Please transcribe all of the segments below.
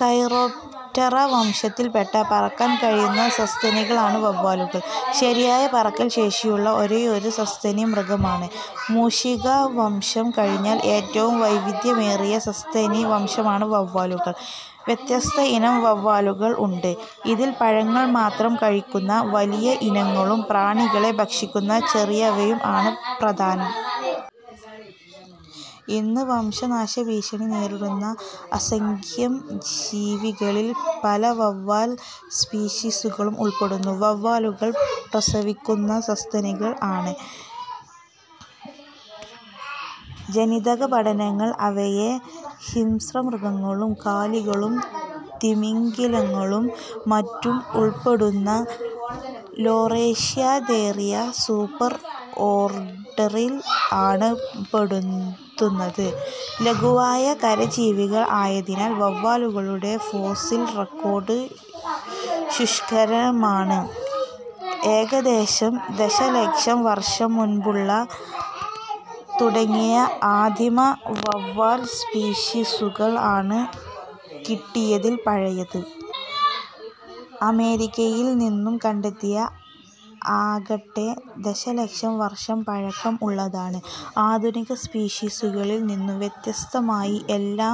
Chiroptera വംശത്തിൽപ്പെട്ട പറക്കാൻ കഴിയുന്ന സസ്തനികളാണ് വവ്വാലുകൾ. ശരിയായ പറക്കൽ ശേഷിയുള്ള ഒരേയൊരു സസ്തനി മൃഗമാണ്. മൂഷികവംശം കഴിഞ്ഞാൽ ഏറ്റവും വൈവിധ്യമേറിയ സസ്തനി വംശമാണ് വവ്വാലുകൾ. വ്യത്യസ്ത ഇനം വവ്വാലുകൾ ഉണ്ട്. ഇതിൽ പഴങ്ങൾ മാത്രം കഴിയ്ക്കുന്ന വലിയ ഇനങ്ങളും പ്രാണികളെ ഭക്ഷിക്കുന്ന ചെറിയവയും ആണ് പ്രധാനം. ഇന്ന് വംശനാശഭീഷണി നേരിടുന്ന അസംഖ്യം ജീവികളിൽ പല വവ്വാൽ സ്പീഷീസുകളും ഉൾപ്പെടുന്നു. വവ്വാലുകൾ പ്രസവിക്കുന്ന സസ്തനികൾ ആണ്. ജനിതകപഠനങ്ങൾ അവയെ ഹിംസ്രമൃഗങ്ങളും കാലികളും തിമിംഗിലങ്ങളും മറ്റും ഉൾപ്പെടുന്ന ലോറേഷ്യാതേരിയ സൂപ്പർഓർഡറിൽ ആണ് പെടുത്തുന്നത്. ലഘുവായ കരജീവികൾ ആയതിനാൽ വവ്വാലുകളുടെ ഫോസിൽ റെക്കോഡ് ശുഷ്കമാണ്. ഏകദേശം ദശലക്ഷം വർഷം മുൻപുള്ള, തുടങ്ങിയ ആദിമ വവ്വാൽ സ്പീഷീസുകൾ ആണ് കിട്ടിയതിൽ പഴയത്. അമേരിക്കയിൽ നിന്നും കണ്ടെത്തിയ ആകട്ടെ ദശലക്ഷം വർഷം പഴക്കം ഉള്ളതാണ്. ആധുനിക സ്പീഷീസുകളിൽ നിന്നും വ്യത്യസ്തമായി എല്ലാ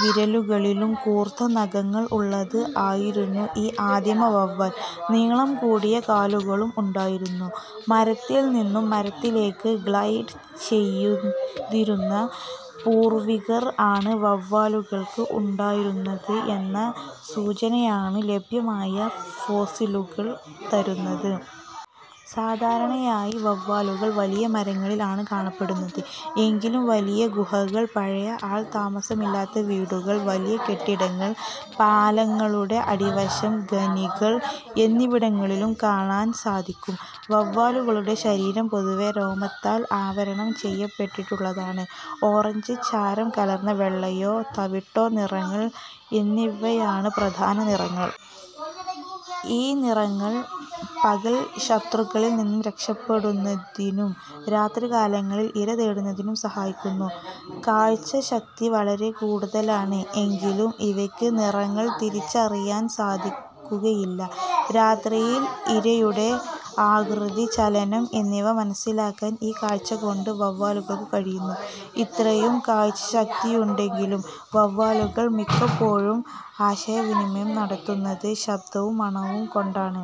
വിരലുകളിലും കൂർത്ത നഖങ്ങൾ ഉള്ളത് ആയിരുന്നു ഈ ആദിമ വവ്വാൽ. നീളം കൂടിയ കാലുകളും ഉണ്ടായിരുന്നു. മരത്തിൽ നിന്നും മരത്തിലേക്ക് ഗ്ലൈഡ് ചെയ്തിരുന്ന പൂർവികർ ആണ് വവ്വാലുകൾക്ക് ഉണ്ടായിരുന്നത് എന്ന സൂചനയാണ് ലഭ്യമായ ഫോസിലുകൾ തരുന്നത്. സാധാരണയായി വവ്വാലുകൾ വലിയ മരങ്ങളിൽ ആണ് കാണപ്പെടുന്നത്. എങ്കിലും വലിയ ഗുഹകൾ, പഴയ ആൾ താമസമില്ലാത്ത വീടുകൾ, വലിയ കെട്ടിടങ്ങൾ, പാലങ്ങളുടെ അടിവശം, ഖനികൾ എന്നിവിടങ്ങളിലും കാണാൻ സാധിക്കും. വവ്വാലുകളുടെ ശരീരം പൊതുവേ രോമത്താൽ ആവരണം ചെയ്യപ്പെട്ടിട്ടുള്ളതാണ്. ഓറഞ്ച്, ചാരം കലർന്ന വെള്ളയോ തവിട്ടോ നിറങ്ങൾ എന്നിവയാണ് പ്രധാന നിറങ്ങൾ. ഈ നിറങ്ങൾ പകൽ ശത്രുക്കളിൽ നിന്നും രക്ഷപ്പെടുന്നതിനും രാത്രികാലങ്ങളിൽ ഇര തേടുന്നതിനും സഹായിക്കുന്നു. കാഴ്ചശക്തി വളരെ കൂടുതലാണ്. എങ്കിലും ഇവയ്ക്ക് നിറങ്ങൾ തിരിച്ചറിയാൻ സാധിക്കുകയില്ല. രാത്രിയിൽ ഇരയുടെ ആകൃതി, ചലനം എന്നിവ മനസ്സിലാക്കാൻ ഈ കാഴ്ചകൊണ്ട് വവ്വാലുകൾക്ക് കഴിയുന്നു. ഇത്രയും കാഴ്ചശക്തിയുണ്ടെങ്കിലും വവ്വാലുകൾ മിക്കപ്പോഴും ആശയവിനിമയം നടത്തുന്നത് ശബ്ദവും മണവും കൊണ്ടാണ്.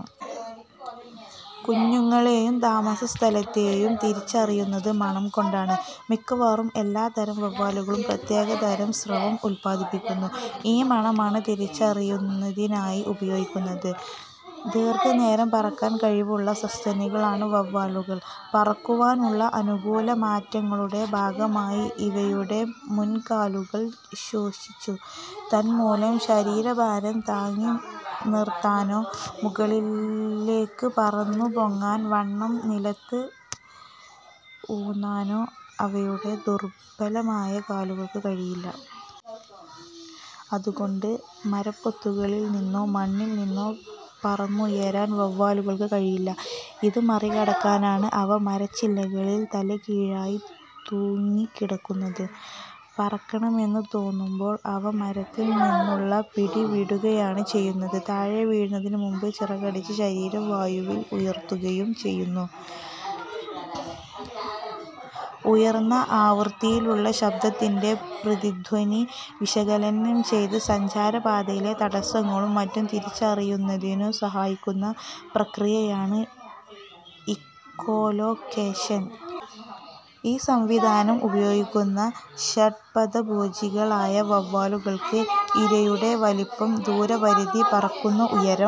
കുഞ്ഞുങ്ങളെയും താമസസ്ഥലത്തെയും തിരിച്ചറിയുന്നത് മണം കൊണ്ടാണ്. മിക്കവാറും എല്ലാ തരം വവ്വാലുകളും പ്രത്യേക തരം സ്രവം ഉത്പാദിപ്പിക്കുന്നു. ഈ മണമാണ് തിരിച്ചറിയുന്നതിനായി ഉപയോഗിക്കുന്നത്. ദീർഘനേരം പറക്കാൻ കഴിവുള്ള സസ്തനികളാണ് വവ്വാലുകൾ. പറക്കുവാനുള്ള അനുകൂല മാറ്റങ്ങളുടെ ഭാഗമായി ഇവയുടെ പിൻകാലുകൾ ശോഷിച്ചു. തന്മൂലം ശരീരഭാരം താങ്ങിനിർത്താനോ മുകളിലേക്ക് പറന്നുപൊങ്ങാൻ വണ്ണം നിലത്ത് ഊന്നാനോ അവയുടെ ദുർബലമായ കാലുകൾക്ക് കഴിയില്ല. അതുകൊണ്ട് മരപ്പൊത്തുകളിൽനിന്നോ മണ്ണിൽ നിന്നോ പറന്നുയരാൻ വവ്വാലുകൾക്ക് കഴിയില്ല. ഇത് മറികടക്കാനാണ് അവ മരച്ചില്ലകളിൽ തലകീഴായി തൂങ്ങിക്കിടക്കുന്നത്. പറക്കണമെന്ന് തോന്നുമ്പോൾ അവ മരത്തിൽ നിന്നുള്ള പിടിവിടുകയാണ് ചെയ്യുന്നത്. താഴെ വീഴുന്നതിനുമുമ്പ് ചിറകടിച്ച് ശരീരം വായുവിൽ ഉയർത്തുകയും ചെയ്യുന്നു. ഉയർന്ന ആവൃത്തിയിലുള്ള ശബ്ദത്തിന്റെ പ്രതിധ്വനി വിശകലനം ചെയ്ത് സഞ്ചാരപാതയിലെ തടസ്സങ്ങളും മറ്റും തിരിച്ചറിയുന്നതിനു സഹായിക്കുന്ന പ്രക്രിയയാണ് ഇക്കോലൊക്കേഷൻ. ഈ സംവിധാനം ഉപയോഗിക്കുന്ന ഷഡ്പദഭോജികളായ വാവലുകൾക്ക് ഇരയുടെ വലിപ്പം, ദൂരപരിധി, പറക്കുന്ന ഉയം,